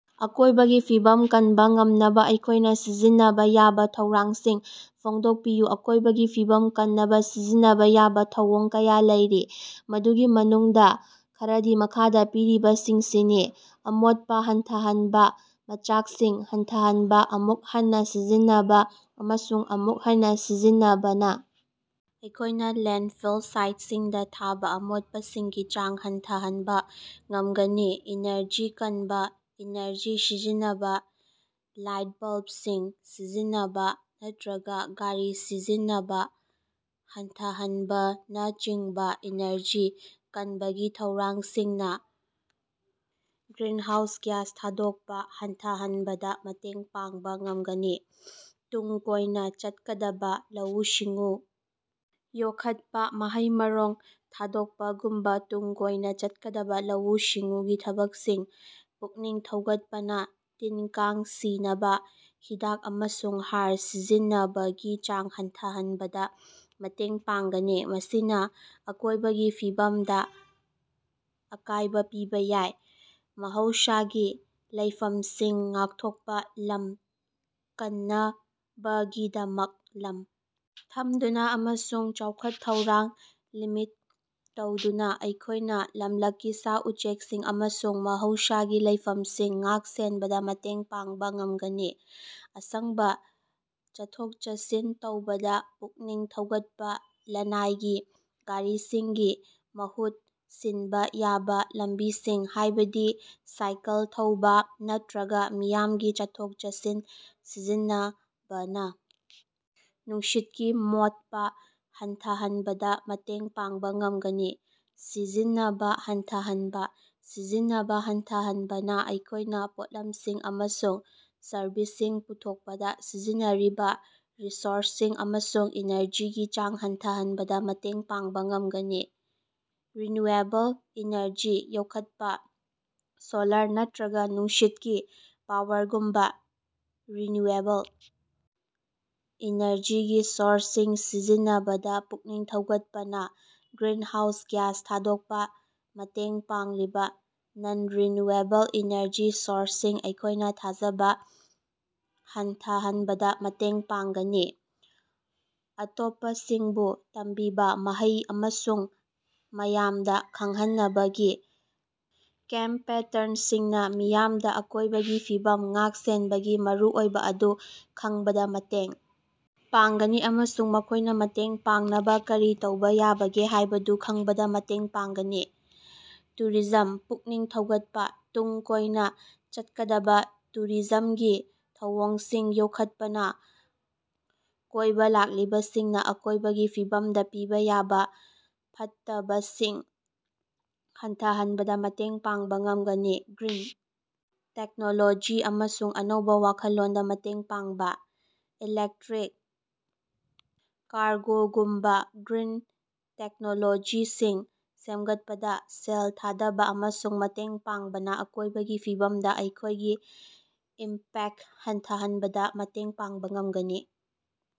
ꯑꯀꯣꯢꯕꯒꯤ ꯐꯤꯕꯝ ꯀꯟꯕ ꯉꯝꯅꯕ ꯑꯩꯈꯣꯢꯅ ꯁꯤꯖꯤꯟꯅꯕ ꯌꯥꯕ ꯊꯧꯔꯥꯡꯁꯤꯡ ꯐꯣꯡꯗꯣꯛꯄꯤꯌꯨ꯫ ꯑꯀꯣꯢꯕꯒꯤ ꯐꯤꯕꯝ ꯀꯟꯅꯕ ꯁꯤꯖꯤꯟꯅꯕꯥ ꯌꯥꯕ ꯊꯧꯑꯣꯡ ꯀꯌꯥ ꯂꯩꯔꯤ ꯃꯗꯨꯒꯤ ꯃꯅꯨꯡꯗ ꯈꯔꯗꯤ ꯃꯈꯥꯗ ꯄꯤꯔꯤꯕꯁꯤꯡꯁꯤꯅꯤ ꯑꯃꯣꯠꯄ ꯍꯟꯊꯍꯟꯕ ꯃꯆꯥꯛꯁꯤꯡ ꯍꯟꯊꯍꯟꯕ ꯑꯃꯨꯛ ꯍꯟꯅ ꯁꯤꯖꯤꯟꯅꯕ ꯑꯃꯁꯨꯡ ꯑꯃꯨꯛ ꯍꯟꯅ ꯁꯤꯖꯤꯟꯅꯕꯅ ꯑꯩꯈꯣꯢꯅ ꯂꯦꯟꯗꯐꯤꯜ ꯁꯥꯏꯠꯁꯤꯡꯗ ꯊꯥꯕ ꯑꯃꯣꯠꯄꯁꯤꯡꯒꯤ ꯆꯥꯡ ꯍꯟꯊꯍꯟꯕ ꯉꯝꯒꯅꯤ꯫ ꯏꯅꯔꯖꯤ ꯀꯟꯕ ꯏꯅꯔꯖꯤ ꯁꯤꯖꯤꯟꯅꯕ ꯂꯥꯏꯠ ꯕꯜꯕꯁꯤꯡ ꯁꯤꯖꯤꯟꯅꯕ ꯅꯠꯇ꯭ꯔꯒ ꯒꯥꯔꯤ ꯁꯤꯖꯤꯟꯅꯕ ꯍꯟꯊꯍꯟꯕꯅꯆꯤꯡꯕ ꯏꯅꯔꯖꯤ ꯀꯟꯕꯒꯤ ꯊꯧꯔꯥꯡꯁꯤꯡꯅ ꯒ꯭ꯔꯤꯟꯍꯥꯎꯁ ꯒ꯭ꯌꯥꯁ ꯊꯥꯗꯣꯛꯄ ꯍꯟꯊꯍꯟꯕꯗ ꯃꯇꯦꯡ ꯄꯥꯡꯕ ꯉꯝꯒꯅꯤ꯫ ꯇꯨꯡ ꯀꯣꯏꯅ ꯆꯠꯀꯗꯕ ꯂꯧꯎ-ꯁꯤꯡꯎ ꯌꯣꯛꯈꯠꯄ ꯃꯍꯩ-ꯃꯔꯣꯡ ꯊꯥꯗꯣꯛꯄꯒꯨꯝꯕ ꯇꯨꯡ ꯀꯣꯏꯅ ꯆꯠꯀꯗꯕ ꯂꯧꯎ-ꯁꯤꯡꯎꯒꯤ ꯊꯕꯛꯁꯤꯡ ꯄꯨꯛꯅꯤꯡ ꯊꯧꯒꯠꯄꯅ ꯇꯤꯟ ꯀꯥꯡ ꯁꯤꯅꯕ ꯍꯤꯗꯥꯛ ꯑꯃꯁꯨꯡ ꯍꯥꯔ ꯁꯤꯖꯤꯟꯅꯕꯒꯤ ꯆꯥꯡ ꯍꯟꯊꯍꯟꯕꯗ ꯃꯇꯦꯡ ꯄꯥꯡꯒꯅꯤ ꯃꯁꯤꯅ ꯑꯀꯣꯢꯕꯒꯤ ꯐꯤꯕꯝꯗ ꯑꯀꯥꯢꯕ ꯄꯤꯕꯥ ꯌꯥꯏ꯫ ꯃꯍꯧꯁꯥꯒꯤ ꯂꯩꯐꯝꯁꯤꯡ ꯉꯥꯛꯊꯣꯛꯄ ꯂꯝ ꯀꯟꯅꯕꯒꯤꯗꯃꯛ ꯂꯝ ꯊꯝꯗꯨꯅ ꯑꯃꯁꯨꯡ ꯆꯥꯎꯈꯠ-ꯊꯧꯔꯥꯡ ꯂꯤꯃꯤꯠ ꯇꯧꯗꯨꯅ ꯑꯩꯈꯣꯢꯅ ꯂꯝꯂꯛꯀꯤ ꯁꯥ-ꯎꯆꯦꯛꯁꯤꯡ ꯑꯃꯁꯨꯡ ꯃꯍꯧꯁꯥꯒꯤ ꯂꯩꯐꯝꯁꯤꯡ ꯉꯥꯛ-ꯁꯦꯟꯕꯗ ꯃꯇꯦꯡ ꯄꯥꯡꯕꯥ ꯉꯝꯒꯅꯤ꯫ ꯑꯁꯪꯕ ꯆꯠꯊꯣꯛ-ꯆꯠꯁꯤꯟ ꯇꯧꯕꯗ ꯄꯨꯛꯅꯤꯡ ꯊꯧꯒꯠꯄ ꯂꯅꯥꯏꯒꯤ ꯒꯥꯔꯤꯁꯤꯡꯒꯤ ꯃꯍꯨꯠ ꯁꯤꯟꯕ ꯌꯥꯕ ꯂꯝꯕꯤꯁꯤꯡ ꯍꯥꯢꯕꯗꯤ ꯁꯥꯏꯀꯜ ꯊꯧꯕꯥ ꯅꯠꯇ꯭ꯔꯒ ꯃꯤꯌꯥꯝꯒꯤ ꯆꯠꯊꯣꯛ-ꯆꯠꯁꯤꯟ ꯁꯤꯖꯤꯟꯅꯕꯅ ꯅꯨꯡꯁꯤꯠ ꯀꯤ ꯃꯣꯠꯄ ꯍꯟꯊꯍꯟꯕꯗ ꯃꯇꯦꯡ ꯄꯥꯡꯕ ꯉꯝꯒꯅꯤ꯫ ꯁꯤꯖꯤꯟꯅꯕ ꯍꯟꯊꯍꯟꯕ: ꯁꯤꯖꯤꯟꯅꯕ ꯍꯟꯊꯍꯟꯕꯅ ꯑꯩꯈꯣꯏꯅ ꯄꯣꯠꯂꯝꯁꯤꯡ ꯑꯃꯁꯨꯡ ꯁꯔꯕꯤꯁꯁꯤꯡ ꯄꯨꯊꯣꯛꯄꯗ ꯁꯤꯖꯤꯟꯅꯔꯤꯕ ꯔꯤꯁꯣꯔꯁꯁꯤꯡ ꯑꯃꯁꯨꯡ ꯏꯅꯔꯖꯤꯒꯤ ꯆꯥꯡ ꯍꯟꯊꯍꯟꯕꯗ ꯃꯇꯦꯡ ꯄꯥꯡꯕ ꯉꯝꯒꯅꯤ꯫ ꯔꯤꯟꯌꯨꯑꯦꯕꯜ ꯏꯅꯔꯖꯤ ꯌꯣꯛꯈꯠꯄꯥ ꯁꯣꯂꯥꯔ ꯅꯠꯇ꯭ꯔꯒ ꯅꯨꯡꯁꯤꯠꯀꯤ ꯄꯥꯋꯔꯒꯨꯝꯕ ꯔꯤꯟꯌꯨꯑꯦꯕꯜ ꯏꯅꯔꯖꯤꯒꯤ ꯁꯣꯔꯁꯁꯤꯡ ꯁꯤꯖꯤꯟꯅꯕꯗ ꯄꯨꯛꯅꯤꯡ ꯊꯧꯒꯠꯄꯅ ꯒ꯭ꯔꯤꯟꯍꯥꯎꯁ ꯒ꯭ꯌꯥꯁ ꯊꯥꯗꯣꯛꯄ ꯃꯇꯦꯡ ꯄꯥꯡꯂꯤꯕ ꯅꯟ-ꯔꯤꯟꯌꯨꯑꯦꯕꯜ ꯏꯅꯔꯖꯤ ꯁꯣꯔꯁꯁꯤꯡꯗ ꯑꯩꯈꯣꯢꯅ ꯊꯥꯖꯕ ꯍꯟꯊꯍꯟꯕꯗ ꯃꯇꯦꯡ ꯄꯥꯡꯒꯅꯤ꯫ ꯑꯇꯣꯞꯄꯁꯤꯡꯕꯨ ꯇꯝꯕꯤꯕ ꯃꯍꯩ ꯑꯃꯁꯨꯡ ꯃꯌꯥꯝꯗ ꯈꯪꯍꯟꯅꯕꯒꯤ ꯀꯦꯝꯄꯦꯠꯟꯁꯤꯡꯅ ꯃꯤꯌꯥꯝꯗ ꯑꯀꯣꯢꯕꯒꯤ ꯐꯤꯕꯝ ꯉꯥꯛ-ꯁꯦꯟꯕꯒꯤ ꯃꯔꯨꯑꯣꯏꯕ ꯑꯗꯨ ꯈꯪꯕꯗ ꯃꯇꯦꯡ ꯄꯥꯡꯒꯅꯤ ꯑꯃꯁꯨꯡ ꯃꯈꯣꯢꯅ ꯃꯇꯦꯡ ꯄꯥꯡꯅꯕ ꯀꯔꯤ ꯇꯧꯕꯥ ꯌꯥꯕꯒꯦ ꯍꯥꯢꯕꯗꯨ ꯈꯪꯕꯗ ꯃꯇꯦꯡ ꯄꯥꯡꯒꯅꯤ꯫ ꯇꯨꯔꯤꯖꯝ ꯄꯨꯛꯅꯤꯡ ꯊꯧꯒꯠꯄꯥ: ꯇꯨꯡ ꯀꯣꯏꯅ ꯆꯠꯀꯗꯕ ꯇꯨꯔꯤꯖꯝꯒꯤ ꯊꯧꯑꯣꯡꯁꯤꯡ ꯌꯣꯛꯈꯠꯄꯅ ꯀꯣꯏꯕ ꯂꯥꯛꯂꯤꯕꯁꯤꯡꯅ ꯑꯀꯣꯢꯕꯒꯤ ꯐꯤꯕꯝꯗ ꯄꯤꯕ ꯌꯥꯕ ꯐꯠꯇꯕꯁꯤꯡ ꯍꯟꯊꯍꯟꯕꯗ ꯃꯇꯦꯡ ꯄꯥꯡꯕꯥ ꯉꯝꯒꯅꯤ꯫ ꯒ꯭ꯔꯤꯟ ꯇꯦꯛꯅꯣꯂꯣꯖꯤ ꯑꯃꯁꯨꯡ ꯑꯅꯧꯕ ꯋꯥꯈꯜꯂꯣꯟꯗ ꯃꯇꯦꯡ ꯄꯥꯡꯕ: ꯏꯂꯦꯛꯇ꯭ꯔꯤꯛ ꯀꯥꯔꯒꯣꯒꯨꯝꯕ ꯒ꯭ꯔꯤꯟ ꯇꯦꯛꯅꯣꯂꯣꯖꯤꯁꯤꯡ ꯁꯦꯝꯒꯠꯄꯗ ꯁꯦꯜ ꯊꯥꯗꯕ ꯑꯃꯁꯨꯡ ꯃꯇꯦꯡ ꯄꯥꯡꯕꯅ ꯑꯀꯣꯢꯕꯒꯤ ꯐꯤꯕꯝꯗ ꯑꯩꯈꯣꯢꯒꯤ ꯏꯝꯄꯦꯛꯇ ꯍꯟꯊꯍꯟꯕꯗ ꯃꯇꯦꯡ ꯄꯥꯡꯕ ꯉꯝꯒꯅꯤ꯫